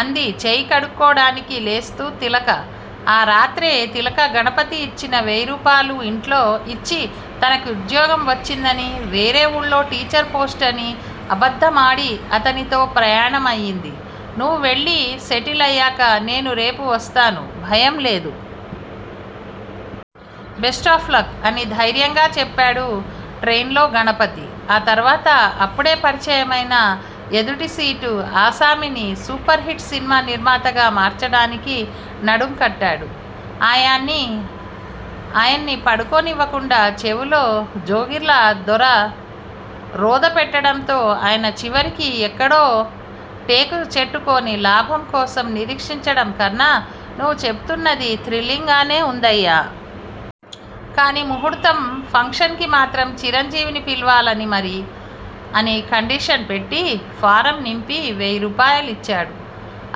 అంది చెయ్యి కడుక్కోవడానికి లేస్తూ తిలక. ఆ రాత్రే తిలక గణపతి ఇచ్చిన వెయ్యి రూపాయలూ ఇంట్లో ఇచ్చి తనకి ఉద్యోగం వచ్చిందనీ, వేరే వూళ్ళో టీచర్ పోస్ట్ అనీ అబద్దమాడి అతనితో ప్రయాణమైంది. నువ్వు వెళ్లి సెటిల్ అయ్యాక నేను రేపు వస్తాను. భయం లేదు. Best of luck! అని ధైర్యం చెప్పాడు ట్రైన్ లో గణపతి. ఆ తర్వాత అప్పుడే పరిచయమైన ఎదుటి సీటు ఆసామిని సూపర్ హిట్ సినిమా నిర్మాతగా మార్చడానికి నడుం కట్టాడు. ఆయన్ని పడుకోనివ్వకుండా చెవిలో జోరీగలా రొద పెట్టడంతో ఆయన చివరికి ఎక్కడో టేకు చెట్టుకొని లాభం కోసం నిరీక్షించడం కన్నా నువ్వు చెపుతున్నది థ్రిల్లింగ్ గానే ఉందయ్యా! కానీ ముహూర్తం ఫంక్షన్ కి మాత్రం చిరంజీవిని పిలవాలి మరి! అని కండీషన్ పెట్టి, ఫారం నింపి వెయ్యి రూపాయలూ ఇచ్చాడు.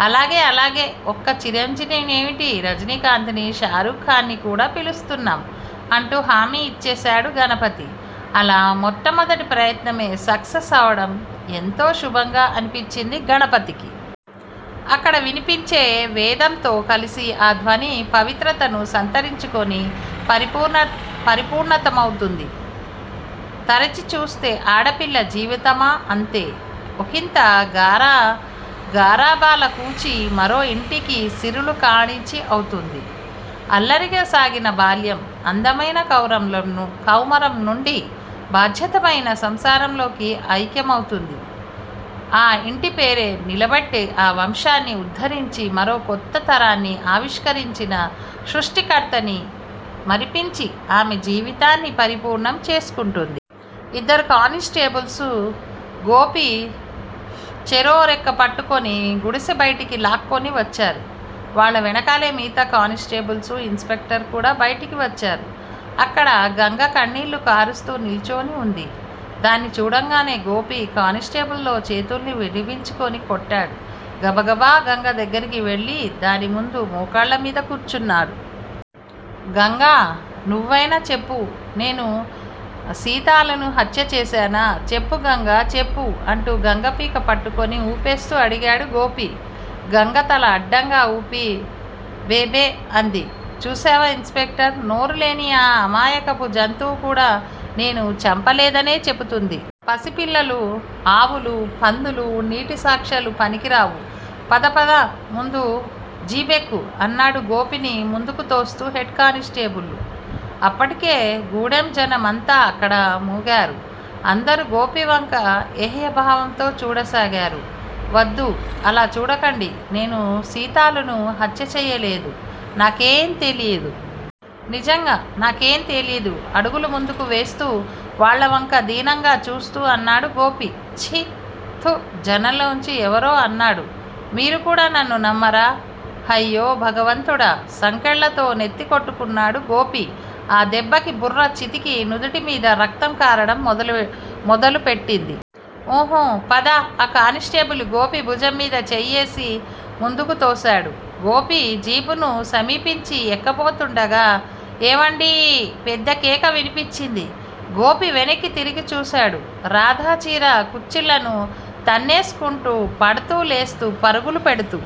అలాగే అలాగే ఒక్క చిరంజీవినేమిటీ, రజనీకాంత్ నీ, షారూఖ్ ఖాన్ నీ కూడా పిలుస్తున్నాం! అంటూ హామీ ఇచ్చేశాడు గణపతి. అలా మొట్టమొదటి ప్రయత్నమే సక్సెస్ అవడం ఎంతో శుభంగా అనిపించింది గణపతికి. అక్కడ వినిపించే వేదంతో కలిసి ఆ ధ్వని పవిత్రతని సంతరించుకొని పరిపూర్ణమౌతోంది. తరచి చూస్తే ఆడపిల్ల జీవితమా అంతే. ఒకింత గారాబాల కూచి మరో ఇంటి సిరుల కాణాచి అవుతుంది. అల్లరిగా సాగిన బాల్యం అందమైన కౌమారంలో నుండి బాధ్యతాయుతమైన సంసారంలో ఐక్యమవుతుంది. ఆ ఇంటి పేరు నిలబెట్టి ఆ వంశాన్ని ఉద్ధరించి మరో కొత్త తరాన్ని ఆవిష్కరించిన సృష్టికర్తని మరిపించి ఆమె జీవితాన్ని పరిపూర్ణం చేసుకుంటుంది. ఇద్దరు కానిస్టేబుల్స్ గోపీ చెరో రెక్కా పట్టుకుని గుడిసె బయటకి లాక్కుని వచ్చారు. వాళ్ళ వెనకాలే మిగతా కానిస్టేబుల్స్, ఇన్ స్పెక్టర్ కూడా బయటికి వచ్చారు. అక్కడ గంగ కన్నీళ్ళు కారుస్తూ నిల్చుని ఉంది. దాన్ని చూడగానే గోపి కానిస్టేబుల్స్ చేతుల్ని విదిలించి కొట్టాడు. గబగబా గంగ దగ్గరకి వెళ్ళి దాని ముందు మోకాళ్ళమీద కూర్చన్నాడు. గంగా నువ్వైనా చెప్పు. నేను సీతాలుని హత్య చేశానా? చెప్పు గంగా చెప్పు అంటూ గంగ పీక పట్టుకుని ఊపేస్తూ అడిగాడు గోపి. గంగ తల అడ్డంగా ఊపి భే భే అంది. చూశావా ఇన్ స్పెక్టర్! నోరులేని ఈ అమాయకపు జంతువు కూడా నేను చంపలేదని చెప్తుంది. పసిపిల్లలూ, ఆవులూ, పందులూ, నీటి సాక్ష్యాలు పనికిరావు. పద పద ముందు జీపెక్కు అన్నాడు గోపిని ముందుకు తోస్తూ హెడ్ కానిస్టేబులు. అప్పటికే గూడెంజనం అంతా అక్కడ మూగారు. అందరూ గోపివంక ఏహ్యభావంతో చూడసాగారు. వద్దు. అలా చూడకండి. నేను సీతాలుని హత్య చెయ్యలేదు. నాకేం తెలీదు. నిజంగా నాకేం తెలీదు అడుగులు ముందుకు వేస్తూ వాళ్ళవంక దీనంగా చూస్తూ అన్నాడు గోపి. ఛీ థూ జనంలోంచి ఎవరో అన్నాడు. మీరు కూడా నన్ను నమ్మరా? హయ్యో భగవంతుడా సంకెళ్ళతో నెత్తి కొట్టుకున్నాడు గోపి. ఆ దెబ్బకి బుర్ర చితికి నుదుటిమీది రక్తం కారడం మొదలుపెట్టింది. ఊ ఊ పద ఓ కానిస్టేబులు గోపి భుజంమీద చెయ్యేసి ముందుకు తోశాడు. గోపి జీపును సమీపించి ఎక్కబోతూండగా. హేవండీ పెద్ద కేక వినవచ్చింది. గోపీ వెనక్కి తిరిగి చూశాడు. రాధ చీర కుచ్చెళ్లని తన్నేస్కుంటూ, పడ్తూ లేస్తూ పరుగులు పెడ్తూ